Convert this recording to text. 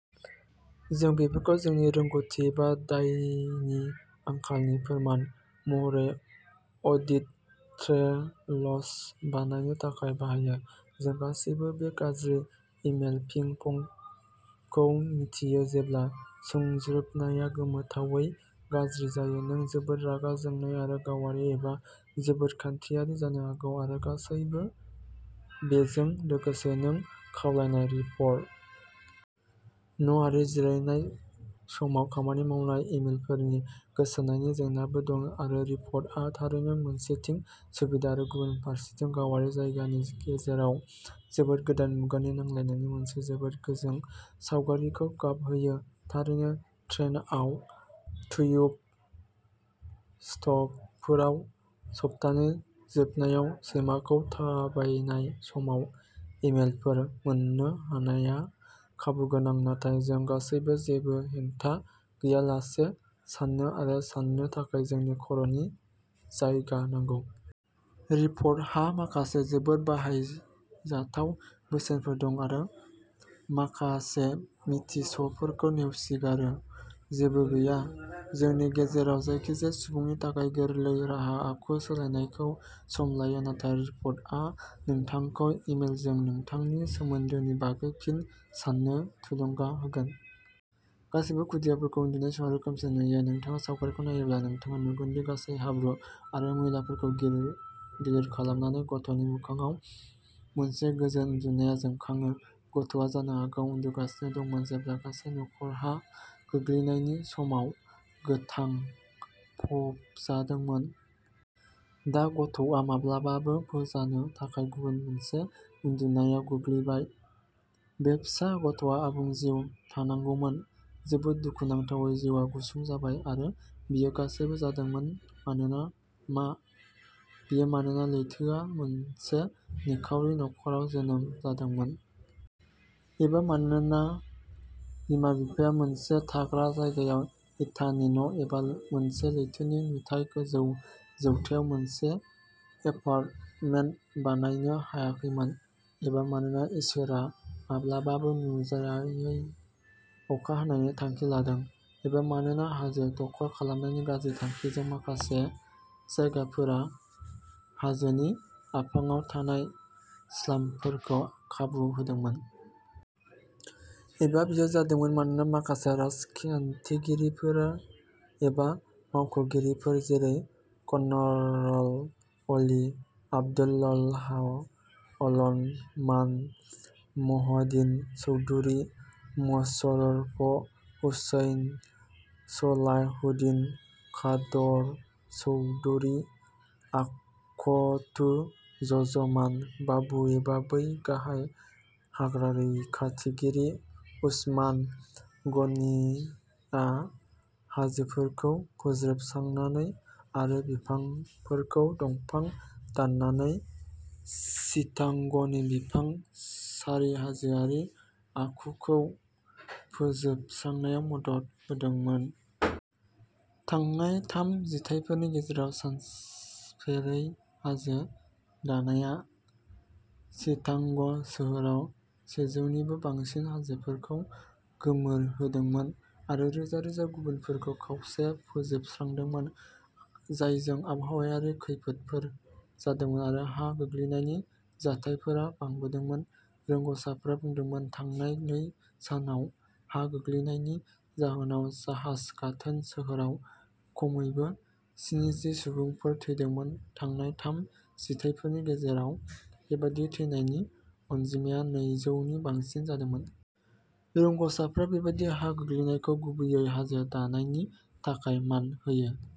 जों बेफोरखौ जोंनि रोंग'थि एबा दायनि आंखालनि फोरमान महरै अडिट ट्रेल्स बानायनो थाखाय बाहायो। जों गासैबो बे गाज्रि इमेल'पिं पंखौ मिथियो जेब्ला सुंज्रोबनाया गोमोथावै गाज्रि जायो नों जोबोद रागा जोंनाय आरो गावारि एबा जोबोद खान्थियारि जानो हागौ आरो गासैबो बेजों लोगोसे नों खावलायनाय रिपर्ट। न' आरो जिरायनाय समाव खामानि मावनाय इमेलफोरनि गोसारनायनि जेंनाबो दं आरो रिपर्टआ थारैनो मोनसेथिं सुबिदा आरो गुबुन फारसेथिं गावारि जायगानि गेजेराव जोबोद गोदान मुगानि नांलायनायनि मोनसे जोबोद गोजों सावगारिखौ गाबहोयो। थारैनो ट्रेनआव ट्युब स्टपफोराव सप्तानि जोबनायाव सैमाखौ थाबायनाय समाव इमेलफोर मोन्नो हानायआ खाबुगोनां नाथाय जों गासैबो जेबो हेंथा गैयालासे साननो आरो साननो थाखाय जोंनि खर'नि जायगा नांगौ। रिपर्टहा माखासे जोबोद बाहायजाथाव बोसोनफोर दं आरो माखासे मिथिसफोरखौ नेवसिगारो। जेबो गैया। जोंनि गेजेराव जायखिजाया सुबुंनि थाखाय गोरलै राहा आखु सोलायनायखौ सम लायो नाथाय रिपर्टआ नोंथांखौ इमेलजों नोंथांनि सोमोन्दोनि बागै फिन साननो थुलुंगा होगोन। गासैबो खुदियाफोरखौ उन्दुनाय समाव रोखोमसे नुयो। नोंथाङा सावगारिखौ नायोब्ला नोंथाङा नुगोनदि गासै हाब्रु आरो मैलाफोरखौ गिलिर खालामनानै गथ'नि मोखांआव मोनसे गोजोन उन्दुनाया जोंखाङो। गथ'आ जानो हागौ उन्दुगासिनो दंमोन जेब्ला गासै नख'रा हा गोग्लैनायनि समाव गोथां फबजादोंमोन। दा गथ'आ माब्लाबाबो फोजानो थाखाय गुबुन मोनसे उन्दुनायाव गोग्लैबाय। बे फिसा गथ'आ आबुं जिउ थांनांगौमोन। जोबोद दुखुनांथावै जिउआ गुसुं जाबाय। आरो बेयो गासैबो जादोंमोन मानोना मा? बेयो मानोना लैथोआ मोनसे निखावरि नख'राव जोनोम जादोंमोन? एबा मानोना बिमा-बिफाया मोनसे थाग्रा जायगायाव इटानि न' एबा मोनसे लैथोनि नुथाय गोजौ जौथायाव मोनसे एपार्टमेन्ट बायनो हायाखैमोन? एबा मानोना इसोरआ माब्लाबाबो नुजायै अखा हानायनि थांखि लादों? एबा मानोना हाजो दखल खालामनायनि गाज्रि थांखिजों माखासे जायगाफोरा हाजोनि आफाङाव थानाय स्लामफोरखौ खाबु होदोंमोन? एबा बेयो जादोंमोन मानोना माखासे राजखान्थिगिरिफोर एबा मावख'गिरिफोर जेरै कर्नल अलि, आब्दुल्लाह अल न'मान, मह'दीन चौधुरी, मुशर्रफ हुसैन, सलाहुद्दीन कादर चौधरी, आख्तुज्जमान बाबू एबा बै गाहाय हाग्रा रैखाथिगिरि उस्मान गनीआ हाजोफोरखौ फोजोबस्रांनानै आरो बिफांफोरखौ दंफां दाननानै चिटागंनि बिफां सारि हाजोआरि आखुखौ फोजोबस्रांनायाव मदद होदोंमोन? थांनाय थाम जिथाइफोरनि गेजेराव सानफेरै हाजो दानाया चिटागं सोहोराव सेजौनिबो बांसिन हाजोफोरखौ गोमोरहोदोंमोन आरो रोजा रोजा गुबुनफोरखौ खावसे फोजोबस्रांदोंमोन जायजों आबहावायारि खैफोदफोर जादोंमोन आरो हा गोग्लैनायनि जाथायफोरा बांदोंमोन रोंग'साफोरा बुंदोंमोन। थांनाय नै सानाव हा गोग्लैनायनि जाहोनाव जाहाज गाथोन सोहोराव खमैबो स्निजि सुबुंफोर थैदोंमोन थांनाय थाम जिथाइफोरनि गेजेराव बेबादि थैनायनि अनजिमाया नैजौनि बांसिन जादोंमोन। रोंग'साफोरा बेबादि हा गोग्लैनायखौ गुबैयै हाजो दाननायनि थाखाय मान होयो।